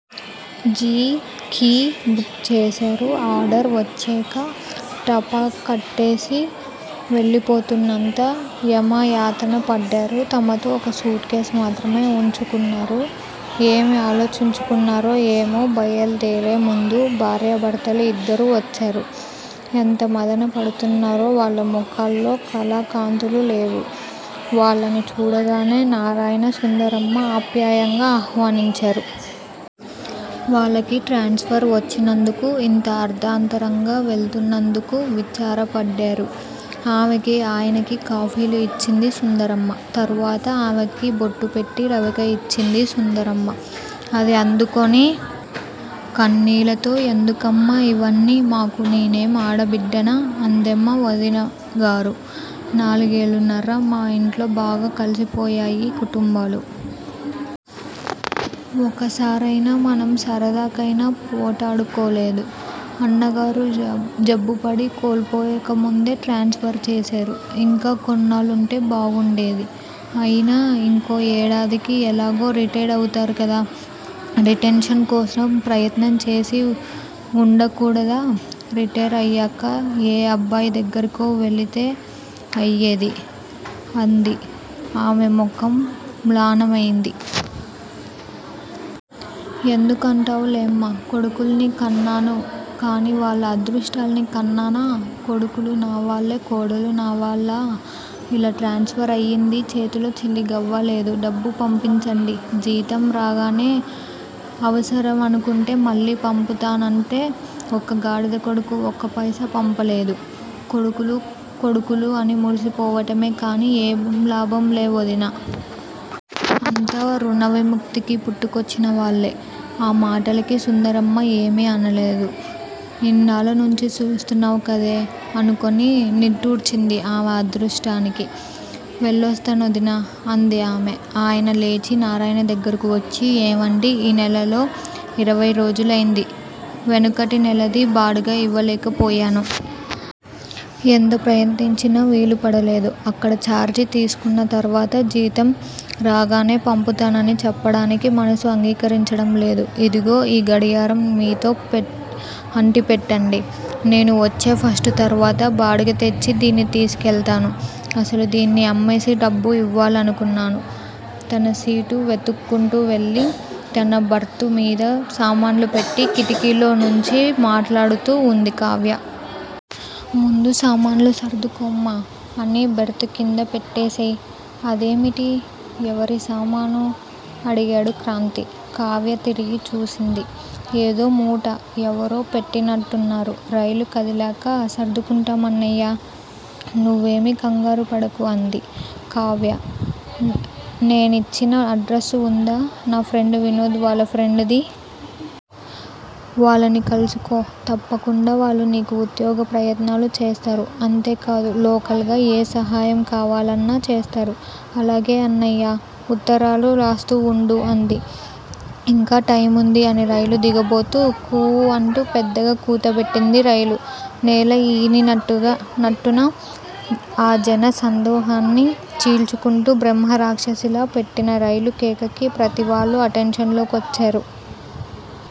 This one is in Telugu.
జి. కి బుక్ చేశారు. ఆర్డరు వచ్చేక టపా కట్టేసి వెళ్ళిపోతున్నంత యమయాతన పడ్డారు! తమతో ఒక సూట్ కేస్ మాత్రం వుంచుకున్నారు. ఏమి ఆలోచించుకున్నారో ఏమో బయలుదేరేముందు భార్యా భర్తలు ఇద్దరూ వచ్చారు. ఎంత మధన పడుతున్నారో వాళ్ళ ముఖాల్లో కళాకాంతులు లేవు. వాళ్ళని చూడగానే నారాయణ, సుందరమ్మా ఆప్యాయంగా ఆహ్వానించారు. వాళ్ళకి ట్రాన్స్ ఫర్ వచ్చినందుకు యింత అర్దాంతరంగా వెళ్తున్నందుకు, విచారపడ్డారు ఆమెకి ఆయనకి కాఫీలు ఇచ్చింది సుందరమ్మ. తర్వాత ఆమెకి బొట్టుపెట్టి రవిక ఇచ్చింది సుందరమ్మ అది అందుకుని కన్నీళ్ళతో ఎందుకమ్మా ఇవన్ని మాకు నేనేం ఆడబిడ్డనా? అందామె. వదినగారూ? నాలుగేళ్ళున్నారు మా ఇంట్లో! బాగా కలిసిపోయాయి కుటుంబాలు! ఒక్కసారయినా మనం సరదాకయినా పోట్టాడుకోలేదు. అన్నగారు జబ్బుపడి కోలులోకముందే ట్రాన్స్ ఫర్ చేశారు. ఇంకా కొన్నాళ్ళుంటే బావుండేది. అయినా ఇంకో ఏడాదికి ఎలాగూ రిటైరవుతారు కదా రిటెన్షన్ కోసం ప్రయత్నంచేసి వుండకూడదా? రిటైర్ అయ్యాక ఏ అబ్బాయి దగ్గరికో వెళ్ళితే అయ్యేది! అంది. ఆమె ముఖం మ్లానమైంది. ఎందుకంటావులేమ్మా? కొడుకుల్ని కన్నాను కానీ వాళ్ళ అదృష్టాల్ని కన్నానా? కొడుకులు నా వాళ్ళే కోడళ్ళు నా వాళ్ళా? ఇలా ట్రాన్స్ ఫర్ అయింది చేతిలో చిల్లిగవ్వ లేదు డబ్బు పంపించండి. జీతం రాగానే అవసరమనుకుంటే మళ్ళీ పంపుతానంటే ఒక్కగాడిద కొడుకు ఒక్కపైసా పంపలేదు! కొడుకులు కొడుకులు అనిమురిసిపోవటమే కానీ ఏం లాభం లే వొదినా! అంతా ఋణ విముక్తికి పుట్టుకొచ్చినవాళ్ళే! ఆ మాటలకి సుందరమ్మ ఏమీ అనలేదు. ఇన్నాళ్ళ నుంచీ చూస్తూవున్న కథే అనుకుని నిట్టూర్చింది ఆమె అదృష్టానికి! వెళ్ళొస్తామొదినా! అంది ఆమె. ఆయన లేచి నారాయణ దగ్గరకు వచ్చి ఏమండీ ఈ నెలలో ఇరవైరోజులదీ, వెనుకటి నెలది బాడుగ యివ్వలేక పోయాను. ఎంత ప్రయత్నించినా వీలుపడలేదు. అక్కడ చార్జీ తీసుకున్న తర్వాత జీతం రాగానే పంపుతానని చెప్పటానికి మనసు అంగీకరించటం లేదు. ఇదిగో ఈ గడియారం మీతో అట్టిపెట్టండి. నేను వచ్చే ఫస్టు తర్వాత బాడుగతెచ్చి దీన్ని తీసుకవెళతాను. అసలు దీన్ని అమ్మేసి డబ్బే ఇవ్వాలనుకున్నాను. తన సీటు వెతుక్కుంటూ వెళ్ళి, తన 'బర్తు' మీద సామాన్లుపెట్టి, కిటికీలో నుంచి మాట్లాడుతూ వుంది కావ్య! ముందు సామాన్లు సర్దుకోమ్మా. అన్నీ బెర్తుకింద పెట్టేసేయ్! అదేమిటీ? ఎవరి సామానూ? అడిగాడు క్రాంతి. కావ్య తిరిగి చూసింది ఏదో మూట! ఎవరో పెట్టినట్టున్నారు. రైలు కదిలాక సర్దుకుంటాం అన్నయ్యా! నువ్వేమీ కంగారుపడకు అంది. కావ్యా! నేనిచ్చిన అడ్రసు వుందా? నా ఫ్రెండ్ వినోద్ వాళ్ళ ఫ్రెండుది! వాళ్ళని కలుసుకో! తప్పకుండా వాళ్ళు నీకు ఉద్యోగ ప్రయత్నాలు చేస్తారు. అంతేకాదు లోకల్ గా ఏ సహాయం కావాలన్నా చేస్తారు. అలాగే అన్నయ్యా! ఉత్తరాలు రాస్తూ వుండు అంది. ఇంకా టైముందీ అని రైలు దిగబోతూ. కూ అంటూ, పెద్దగా కూతపెట్టింది రైలు. నేల ఈనినట్టున్న, ఆ జన సందోహాన్ని చీల్చుకుంటు బ్రహ్మ రాక్షసిలా పెట్టిన రైలు కేకకి, ప్రతివాళ్లూ 'అటెంషన్' లో కొచ్చారు.